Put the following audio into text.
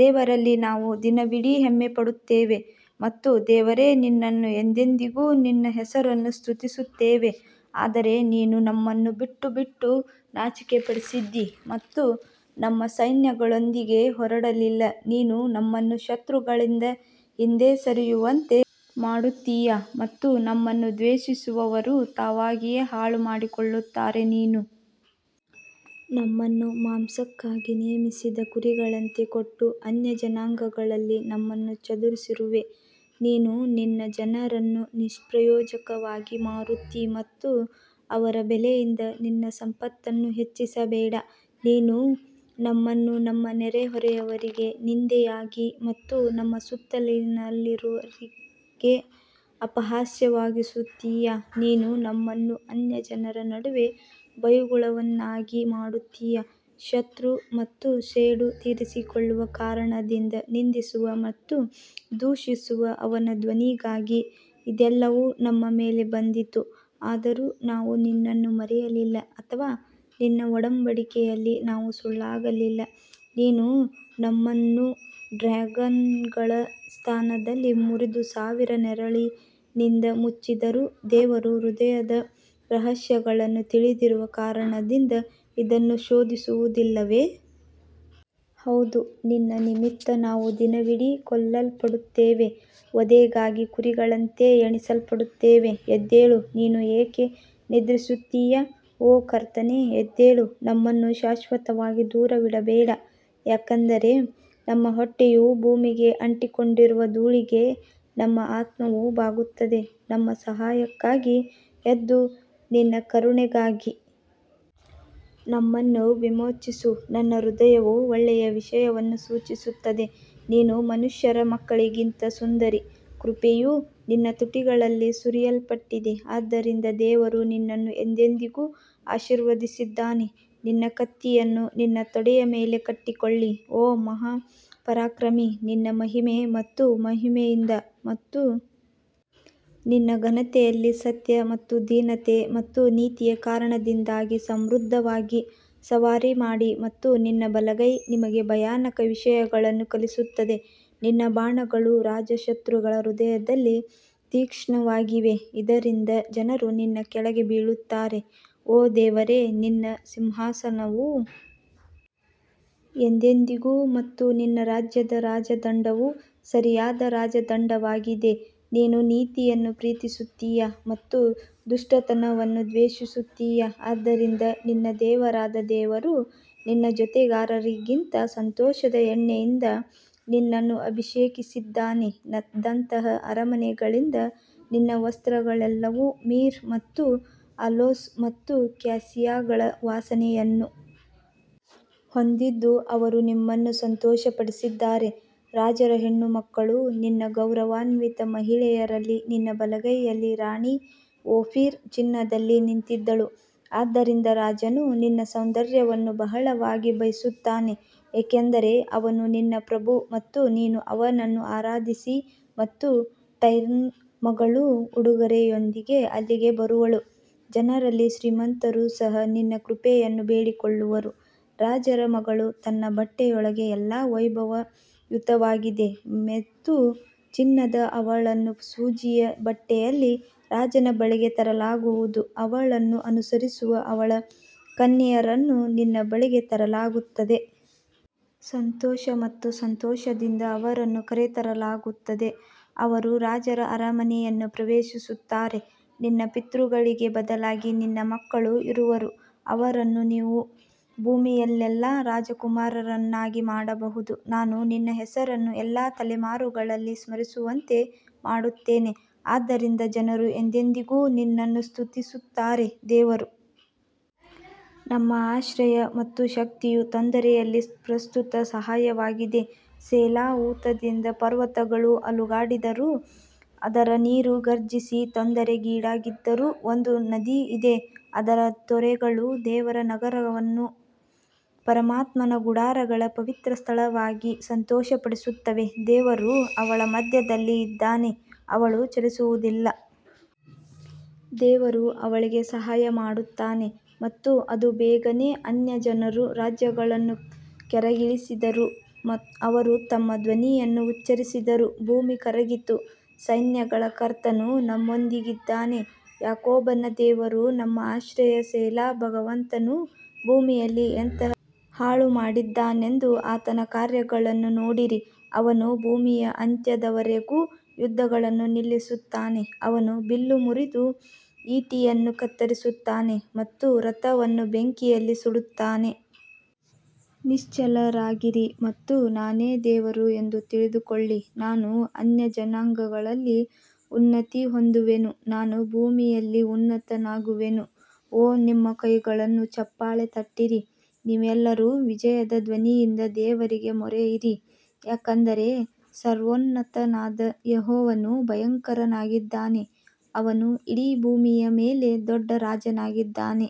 ದೇವರಲ್ಲಿ ನಾವು ದಿನವಿಡೀ ಹೆಮ್ಮೆಪಡುತ್ತೇವೆ ಮತ್ತು ದೇವರೇ ನಿನ್ನನ್ನು ಎಂದೆಂದಿಗೂ ನಿನ್ನ ಹೆಸರನ್ನು ಸ್ತುತಿಸುತ್ತೇವೆ ಆದರೆ ನೀನು ನಮ್ಮನ್ನು ಬಿಟ್ಟುಬಿಟ್ಟು ನಾಚಿಕೆಪಡಿಸಿದ್ದೀ ಮತ್ತು ನಮ್ಮ ಸೈನ್ಯಗಳೊಂದಿಗೆ ಹೊರಡಲಿಲ್ಲ ನೀನು ನಮ್ಮನ್ನು ಶತ್ರುಗಳಿಂದ ಹಿಂದೆ ಸರಿಯುವಂತೆ ಮಾಡುತ್ತೀಯ ಮತ್ತು ನಮ್ಮನ್ನು ದ್ವೇಷಿಸುವವರು ತಾವಾಗಿಯೇ ಹಾಳು ಮಾಡಿಕೊಳ್ಳುತ್ತಾರೆ ನೀನು ನಮ್ಮನ್ನು ಮಾಂಸಕ್ಕಾಗಿ ನೇಮಿಸಿದ ಕುರಿಗಳಂತೆ ಕೊಟ್ಟು ಅನ್ಯಜನಾಂಗಗಳಲ್ಲಿ ನಮ್ಮನ್ನು ಚದುರಿಸಿರುವೆ ನೀನು ನಿನ್ನ ಜನರನ್ನು ನಿಷ್ಪ್ರಯೋಜಕವಾಗಿ ಮಾರುತ್ತೀ ಮತ್ತು ಅವರ ಬೆಲೆಯಿಂದ ನಿನ್ನ ಸಂಪತ್ತನ್ನು ಹೆಚ್ಚಿಸಬೇಡ ನೀನು ನಮ್ಮನ್ನು ನಮ್ಮ ನೆರೆಹೊರೆಯವರಿಗೆ ನಿಂದೆಯಾಗಿ ಮತ್ತು ನಮ್ಮ ಸುತ್ತಲಿನವರಿಗೆ ಅಪಹಾಸ್ಯವಾಗಿಸುತ್ತೀಯಾ ನೀನು ನಮ್ಮನ್ನು ಅನ್ಯಜನರ ನಡುವೆ ಬೈಗುಳವನ್ನಾಗಿ ಮಾಡುತ್ತೀಯಾ ಶತ್ರು ಮತ್ತು ಸೇಡು ತೀರಿಸಿಕೊಳ್ಳುವ ಕಾರಣದಿಂದ ನಿಂದಿಸುವ ಮತ್ತು ದೂಷಿಸುವ ಅವನ ಧ್ವನಿಗಾಗಿ ಇದೆಲ್ಲವೂ ನಮ್ಮ ಮೇಲೆ ಬಂದಿತು, ಆದರೂ ನಾವು ನಿನ್ನನ್ನು ಮರೆಯಲಿಲ್ಲ ಅಥವಾ ನಿನ್ನ ಒಡಂಬಡಿಕೆಯಲ್ಲಿ ನಾವು ಸುಳ್ಳಾಗಲಿಲ್ಲ ನೀನು ನಮ್ಮನ್ನು ಡ್ರ್ಯಾಗನ್ಗಳ ಸ್ಥಾನದಲ್ಲಿ ಮುರಿದು ಸಾವಿನ ನೆರಳಿನಿಂದ ಮುಚ್ಚಿದ್ದರೂ ದೇವರು ಹೃದಯದ ರಹಸ್ಯಗಳನ್ನು ತಿಳಿದಿರುವ ಕಾರಣದಿಂದ ಇದನ್ನು ಶೋಧಿಸುವುದಿಲ್ಲವೇ? ಹೌದು ನಿನ್ನ ನಿಮಿತ್ತ ನಾವು ದಿನವಿಡೀ ಕೊಲ್ಲಲ್ಪಡುತ್ತೇವೆ, ವಧೆಗಾಗಿ ಕುರಿಗಳಂತೆ ಎಣಿಸಲ್ಪಡುತ್ತೇವೆ ಎದ್ದೇಳು ನೀನು ಏಕೆ ನಿದ್ರಿಸುತ್ತೀಯ ಓ ಕರ್ತನೇ ಎದ್ದೇಳು ನಮ್ಮನ್ನು ಶಾಶ್ವತವಾಗಿ ದೂರವಿಡಬೇಡ ಯಾಕಂದರೆ ನಮ್ಮ ಹೊಟ್ಟೆಯು ಭೂಮಿಗೆ ಅಂಟಿಕೊಂಡಿರುವ ಧೂಳಿಗೆ ನಮ್ಮ ಆತ್ಮವು ಬಾಗುತ್ತದೆ ನಮ್ಮ ಸಹಾಯಕ್ಕಾಗಿ ಎದ್ದು ನಿನ್ನ ಕರುಣೆಗಾಗಿ ನಮ್ಮನ್ನು ವಿಮೋಚಿಸು ನನ್ನ ಹೃದಯವು ಒಳ್ಳೆಯ ವಿಷಯವನ್ನು ಸೂಚಿಸುತ್ತದೆ ನೀನು ಮನುಷ್ಯರ ಮಕ್ಕಳಿಗಿಂತ ಸುಂದರಿ ಕೃಪೆಯು ನಿನ್ನ ತುಟಿಗಳಲ್ಲಿ ಸುರಿಯಲ್ಪಟ್ಟಿದೆ ಆದ್ದರಿಂದ ದೇವರು ನಿನ್ನನ್ನು ಎಂದೆಂದಿಗೂ ಆಶೀರ್ವದಿಸಿದ್ದಾನೆ ನಿನ್ನ ಕತ್ತಿಯನ್ನು ನಿನ್ನ ತೊಡೆಯ ಮೇಲೆ ಕಟ್ಟಿಕೊಳ್ಳಿ ಓ ಮಹಾಪರಾಕ್ರಮಿ ನಿನ್ನ ಮಹಿಮೆ ಮತ್ತು ಮಹಿಮೆಯಿಂದ ಮತ್ತು ನಿನ್ನ ಘನತೆಯಲ್ಲಿ ಸತ್ಯ ಮತ್ತು ದೀನತೆ ಮತ್ತು ನೀತಿಯ ಕಾರಣದಿಂದಾಗಿ ಸಮೃದ್ಧವಾಗಿ ಸವಾರಿ ಮಾಡಿ ಮತ್ತು ನಿನ್ನ ಬಲಗೈ ನಿಮಗೆ ಭಯಾನಕ ವಿಷಯಗಳನ್ನು ಕಲಿಸುತ್ತದೆ ನಿನ್ನ ಬಾಣಗಳು ರಾಜ ಶತ್ರುಗಳ ಹೃದಯದಲ್ಲಿ ತೀಕ್ಷ್ಣವಾಗಿವೆ, ಇದರಿಂದ ಜನರು ನಿನ್ನ ಕೆಳಗೆ ಬೀಳುತ್ತಾರೆ ಓ ದೇವರೇ ನಿನ್ನ ಸಿಂಹಾಸನವು ಎಂದೆಂದಿಗೂ ಮತ್ತು ನಿನ್ನ ರಾಜ್ಯದ ರಾಜದಂಡವು ಸರಿಯಾದ ರಾಜದಂಡವಾಗಿದೆ ನೀನು ನೀತಿಯನ್ನು ಪ್ರೀತಿಸುತ್ತೀಯ ಮತ್ತು ದುಷ್ಟತನವನ್ನು ದ್ವೇಷಿಸುತ್ತೀಯಾ ಆದ್ದರಿಂದ ನಿನ್ನ ದೇವರಾದ ದೇವರು ನಿನ್ನ ಜೊತೆಗಾರರಿಗಿಂತ ಸಂತೋಷದ ಎಣ್ಣೆಯಿಂದ ನಿನ್ನನ್ನು ಅಭಿಷೇಕಿಸಿದ್ದಾನೆ ದಂತದ ಅರಮನೆಗಳಿಂದ ನಿನ್ನ ವಸ್ತ್ರಗಳೆಲ್ಲವೂ ಮಿರ್ ಮತ್ತು ಅಲೋಸ್ ಮತ್ತು ಕ್ಯಾಸಿಯಾಗಳ ವಾಸನೆಯನ್ನು ಹೊಂದಿದ್ದು, ಅವರು ನಿಮ್ಮನ್ನು ಸಂತೋಷಪಡಿಸಿದ್ದಾರೆ ರಾಜರ ಹೆಣ್ಣುಮಕ್ಕಳು ನಿನ್ನ ಗೌರವಾನ್ವಿತ ಮಹಿಳೆಯರಲ್ಲಿ ನಿನ್ನ ಬಲಗೈಯಲ್ಲಿ ರಾಣಿ ಓಫೀರ್ ಚಿನ್ನದಲ್ಲಿ ನಿಂತಿದ್ದಳು ಆದ್ದರಿಂದ ರಾಜನು ನಿನ್ನ ಸೌಂದರ್ಯವನ್ನು ಬಹಳವಾಗಿ ಬಯಸುತ್ತಾನೆ ಏಕೆಂದರೆ ಅವನು ನಿನ್ನ ಪ್ರಭು ಮತ್ತು ನೀನು ಅವನನ್ನು ಆರಾಧಿಸಿ ಮತ್ತು ಟೈರ್ನ ಮಗಳು ಉಡುಗೊರೆಯೊಂದಿಗೆ ಅಲ್ಲಿಗೆ ಬರುವಳು, ಜನರಲ್ಲಿ ಶ್ರೀಮಂತರು ಸಹ ನಿನ್ನ ಕೃಪೆಯನ್ನು ಬೇಡಿಕೊಳ್ಳುವರು ರಾಜರ ಮಗಳು ತನ್ನ ಬಟ್ಟೆಯೊಳಗೆ ಎಲ್ಲಾ ವೈಭವಯುತವಾಗಿದೆ ಮೆತು ಚಿನ್ನದ ಅವಳನ್ನು ಸೂಜಿಯ ಬಟ್ಟೆಯಲ್ಲಿ ರಾಜನ ಬಳಿಗೆ ತರಲಾಗುವುದು, ಅವಳನ್ನು ಅನುಸರಿಸುವ ಅವಳ ಕನ್ಯೆಯರನ್ನು ನಿನ್ನ ಬಳಿಗೆ ತರಲಾಗುತ್ತದೆ. ಸಂತೋಷ ಮತ್ತು ಸಂತೋಷದಿಂದ ಅವರನ್ನು ಕರೆತರಲಾಗುತ್ತದೆ, ಅವರು ರಾಜರ ಅರಮನೆಯನ್ನು ಪ್ರವೇಶಿಸುತ್ತಾರೆ ನಿನ್ನ ಪಿತೃಗಳಿಗೆ ಬದಲಾಗಿ ನಿನ್ನ ಮಕ್ಕಳು ಇರುವರು, ಅವರನ್ನು ನೀವು ಭೂಮಿಯಲ್ಲೆಲ್ಲಾ ರಾಜಕುಮಾರರನ್ನಾಗಿ ಮಾಡಬಹುದು ನಾನು ನಿನ್ನ ಹೆಸರನ್ನು ಎಲ್ಲಾ ತಲೆಮಾರುಗಳಲ್ಲಿ ಸ್ಮರಿಸುವಂತೆ ಮಾಡುತ್ತೇನೆ ಆದ್ದರಿಂದ ಜನರು ಎಂದೆಂದಿಗೂ ನಿನ್ನನ್ನು ಸ್ತುತಿಸುತ್ತಾರೆ ದೇವರು ನಮ್ಮ ಆಶ್ರಯ ಮತ್ತು ಶಕ್ತಿಯು ತೊಂದರೆಯಲ್ಲಿ ಪ್ರಸ್ತುತ ಸಹಾಯವಾಗಿದೆ ಸೆಲಾ ಊತದಿಂದ ಪರ್ವತಗಳು ಅಲುಗಾಡಿದರೂ ಅದರ ನೀರು ಘರ್ಜಿಸಿ ತೊಂದರೆಗೀಡಾಗಿದ್ದರೂ ಒಂದು ನದಿ ಇದೆ, ಅದರ ತೊರೆಗಳು ದೇವರ ನಗರವನ್ನು ಪರಮಾತ್ಮನ ಗುಡಾರಗಳ ಪವಿತ್ರ ಸ್ಥಳವಾಗಿ ಸಂತೋಷಪಡಿಸುತ್ತವೆ ದೇವರು ಅವಳ ಮಧ್ಯದಲ್ಲಿ ಇದ್ದಾನೆ, ಅವಳು ಚಲಿಸುವುದಿಲ್ಲ, ದೇವರು ಅವಳಿಗೆ ಸಹಾಯ ಮಾಡುತ್ತಾನೆ ಮತ್ತು ಅದು ಬೇಗನೆ ಅನ್ಯಜನರು ರಾಜ್ಯಗಳನ್ನು ಕೆರಳಿಸಿದರು, ಅವರು ತಮ್ಮ ಧ್ವನಿಯನ್ನು ಉಚ್ಚರಿಸಿದರು ಭೂಮಿ ಕರಗಿತು ಸೈನ್ಯಗಳ ಕರ್ತನು ನಮ್ಮೊಂದಿಗಿದ್ದಾನೆ, ಯಾಕೋಬನ ದೇವರು ನಮ್ಮ ಆಶ್ರಯ ಸೆಲಾ ಭಗವಂತನು ಭೂಮಿಯಲ್ಲಿ ಎಂತಹ ಹಾಳುಮಾಡಿದ್ದಾನೆಂದು ಆತನ ಕಾರ್ಯಗಳನ್ನು ನೋಡಿರಿ ಅವನು ಭೂಮಿಯ ಅಂತ್ಯದವರೆಗೂ ಯುದ್ಧಗಳನ್ನು ನಿಲ್ಲಿಸುತ್ತಾನೆ, ಅವನು ಬಿಲ್ಲು ಮುರಿದು, ಈಟಿಯನ್ನು ಕತ್ತರಿಸುತ್ತಾನೆ ಮತ್ತು ರಥವನ್ನು ಬೆಂಕಿಯಲ್ಲಿ ಸುಡುತ್ತಾನೆ. ನಿಶ್ಚಲರಾಗಿರಿ ಮತ್ತು ನಾನೇ ದೇವರು ಎಂದು ತಿಳಿದುಕೊಳ್ಳಿ ನಾನು ಅನ್ಯಜನಾಂಗಗಳಲ್ಲಿ ಉನ್ನತಿ ಹೊಂದುವೆನು ನಾನು ಭೂಮಿಯಲ್ಲಿ ಉನ್ನತನಾಗುವೆನು ಓ ನಿಮ್ಮ ಕೈಗಳನ್ನು ಚಪ್ಪಾಳೆ ತಟ್ಟಿರಿ, ನೀವೆಲ್ಲರೂ ವಿಜಯದ ಧ್ವನಿಯಿಂದ ದೇವರಿಗೆ ಮೊರೆಯಿರಿ ಯಾಕಂದರೆ ಸರ್ವೋನ್ನತನಾದ ಯೆಹೋವನು ಭಯಂಕರನಾಗಿದ್ದಾನೆ, ಅವನು ಇಡೀ ಭೂಮಿಯ ಮೇಲೆ ದೊಡ್ಡ ರಾಜನಾಗಿದ್ದಾನೆ.